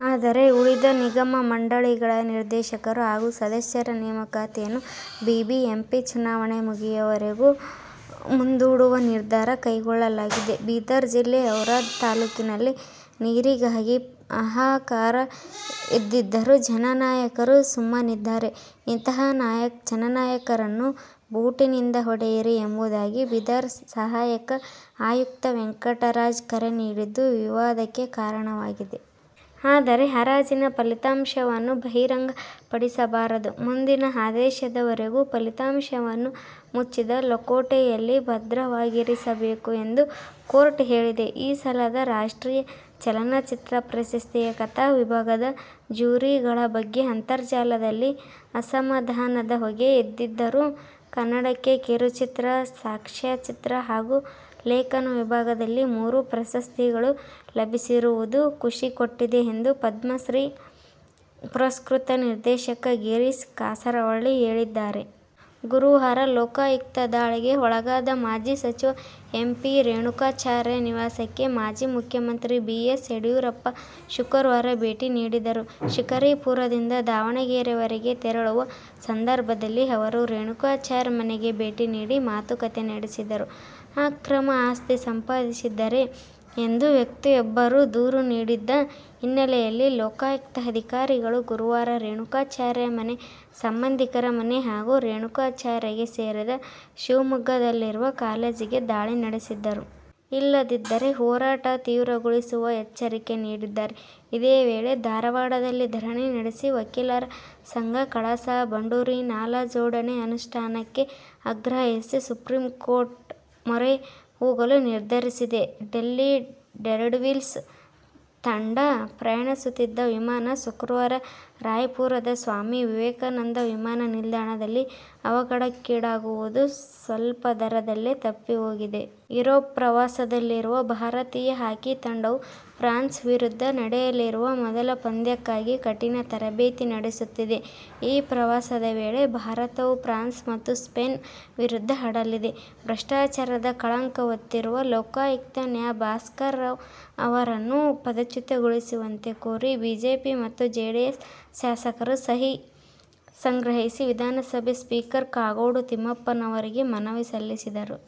ಆದರೆ, ಉಳಿದ ನಿಗಮ-ಮಂಡಳಿಗಳ ನಿರ್ದೇಶಕರು ಹಾಗೂ ಸದಸ್ಯರ ನೇಮಕಾತಿಯನ್ನು ಬಿಬಿಎಂಪಿ ಚುನಾವಣೆ ಮುಗಿಯುವವರೆಗೂ ಮುಂದೂಡುವ ನಿರ್ಧಾರ ಕೈಗೊಳ್ಳಲಾಗಿದೆ. ಬೀದರ್ ಜಿಲ್ಲೆ ಔರಾದ ತಾಲೂಕಿನಲ್ಲಿ ನೀರಿಗಾಗಿ ಹಾಹಾಕಾರ ಎದ್ದಿದ್ದರೂ ಜನನಾಯಕರು ಸುಮ್ಮನಿದ್ದಾರೆ. ಇಂತಹ ಜನನಾಯಕರನ್ನು ಬೂಟಿನಿಂದ ಹೊಡೆಯಿರಿ ಎಂಬುದಾಗಿ ಬೀದರ್ ಸಹಾಯಕ ಆಯುಕ್ತ ವೆಂಕಟರಾಜ ಕರೆ ನೀಡಿದ್ದು, ವಿವಾದಕ್ಕೆ ಕಾರಣವಾಗಿದೆ. ಆದರೆ ಹರಾಜಿನ ಫಲಿತಾಂಶವನ್ನು ಬಹಿರಂಗಪಡಿಸಬಾರದು. ಮುಂದಿನ ಆದೇಶದವರೆಗೂ ಫಲಿತಾಂಶವನ್ನು ಮುಚ್ಚಿದ ಲಕೋಟೆಯಲ್ಲಿ ಭದ್ರವಾಗಿರಿಸಿರಬೇಕು ಎಂದು ಕೋರ್ಟ್ ಹೇಳಿದೆ. ಈ ಸಲದ ರಾಷ್ಟ್ರೀಯ ಚಲನಚಿತ್ರ ಪ್ರಶಸ್ತಿಯ ಕಥಾ ವಿಭಾಗದ ಜ್ಯೂರಿಗಳ ಬಗ್ಗೆ ಅಂತರ್ಜಾಲದಲ್ಲಿ ಅಸಮಾಧಾನದ ಹೊಗೆ ಎದ್ದಿದ್ದರೂ, ಕನ್ನಡಕ್ಕೆ ಕಿರುಚಿತ್ರ, ಸಾಕ್ಷ್ಯಚಿತ್ರ ಹಾಗೂ ಲೇಖನ ವಿಭಾಗದಲ್ಲಿ ಮೂರು ಪ್ರಶಸ್ತಿಗಳು ಲಭಿಸಿರುವುದು ಖುಷಿ ಕೊಟ್ಟಿದೆ ಎಂದು ಪದ್ಮಶ್ರೀ ಪುರಸ್ಕೃತ ನಿರ್ದೇಶಕ ಗಿರೀಶ್ ಕಾಸರವಳ್ಳಿ ಹೇಳಿದ್ದಾರೆ. ಗುರುವಾರ ಲೋಕಾಯುಕ್ತ ದಾಳಿಗೆ ಒಳಗಾದ ಮಾಜಿ ಸಚಿವ ಎಂ. ಪಿ. ರೇಣುಕಾಚಾರ್ಯ ನಿವಾಸಕ್ಕೆ ಮಾಜಿ ಮುಖ್ಯಮಂತ್ರಿ ಬಿ. ಎಸ್. ಯಡಿಯೂರಪ್ಪ ಶುಕ್ರವಾರ ಭೇಟಿ ನೀಡಿದರು. ಶಿಕಾರಿಪುರದಿಂದ ದಾವಣಗೆರೆಗೆ ತೆರಳುವ ಸಂದರ್ಭದಲ್ಲಿ ಅವರು ರೇಣುಕಾಚಾರ್ಯ ಮನೆಗೆ ಭೇಟಿ ನೀಡಿ ಮಾತುಕತೆ ನಡೆಸಿದರು. ಅಕ್ರಮ ಆಸ್ತಿ ಸಂಪಾದಿಸಿದ್ದಾರೆ ಎಂದು ವ್ಯಕ್ತಿಯೊಬ್ಬರು ದೂರು ನೀಡಿದ್ದ ಹಿನ್ನೆಲೆಯಲ್ಲಿ ಲೋಕಾಯುಕ್ತ ಅಧಿಕಾರಿಗಳು ಗುರುವಾರ ರೇಣುಕಾಚಾರ್ಯ ಮನೆ, ಸಂಬಂಧಿಕರ ಮನೆ ಹಾಗೂ ರೇಣುಕಾಚಾರ್ಯಗೆ ಸೇರಿದ ಶಿವಮೊಗ್ಗದಲ್ಲಿರುವ ಕಾಲೇಜಿಗೆ ದಾಳಿ ನಡೆಸಿದ್ದರು. ಇಲ್ಲದಿದ್ದರೆ ಹೋರಾಟ ತೀವ್ರಗೊಳಿಸುವ ಎಚ್ಚರಿಕೆ ನೀಡಿದ್ದಾರೆ. ಇದೇ ವೇಳೆ, ಧಾರವಾಡದಲ್ಲಿ ಧರಣಿ ನಡೆಸಿದ ವಕೀಲರ ಸಂಘ, ಕಳಸಾ-ಬಂಡೂರಿ ನಾಲಾ ಜೋಡಣೆ ಅನುಷ್ಠಾನಕ್ಕೆ ಆಗ್ರಹಿಸಿ ಸುಪ್ರೀಂಕೋರ್ಟ್ ಮೊರೆ ಹೋಗಲು ನಿರ್ಧರಿಸಿದೆ. ಡೆಲ್ಲಿ ಡೇರ್ಡೆವಿಲ್ಸ್ ತಂಡ ಪ್ರಯಾಣಿಸುತ್ತಿದ್ದ ವಿಮಾನ ಶುಕ್ರವಾರ ರಾಯ್ಪುರದ ಸ್ವಾಮಿ ವಿವೇಕಾನಂದ ವಿಮಾನನಿಲ್ದಾಣದಲ್ಲಿ ಅವಘಡಕ್ಕೀಡಾಗುವುದು ಸ್ವಲ್ಪದರಲ್ಲೇ ತಪ್ಪಿಹೋಗಿದೆ. ಯುರೋಪ್ ಪ್ರವಾಸದಲ್ಲಿರುವ ಭಾರತೀಯ ಹಾಕಿ ತಂಡವು ಫ್ರಾನ್ಸ್ ವಿರುದ್ಧ ನಡೆಯಲಿರುವ ಮೊದಲ ಪಂದ್ಯಕ್ಕಾಗಿ ಕಠಿನ ತರಬೇತಿ ನಡೆಸುತ್ತಿದೆ. ಈ ಪ್ರವಾಸದ ವೇಳೆ ಭಾರತವು ಫ್ರಾನ್ಸ್ ಮತ್ತು ಸ್ಪೇನ್ ವಿರುದ್ಧ ಆಡಲಿದೆ. ಭ್ರಷ್ಟಾಚಾರದ ಕಳಂಕ ಹೊತ್ತಿರುವ ಲೋಕಾಯುಕ್ತ ನ್ಯಾ. ಭಾಸ್ಕರ ರಾವ್ ಅವರನ್ನು ಪದಚ್ಯುತಿಗೊಳಿಸುವಂತೆ ಕೋರಿ ಬಿಜೆಪಿ ಮತ್ತು ಜೆಡಿಎಸ್ ಶಾಸಕರು ಸಹಿ ಸಂಗ್ರಹಿಸಿ ವಿಧಾನಸಭೆ ಸ್ಪೀಕರ್ ಕಾಗೋಡು ತಿಮ್ಮಪ್ಪನವರಿಗೆ ಮನವಿ ಸಲ್ಲಿಸಿದರು.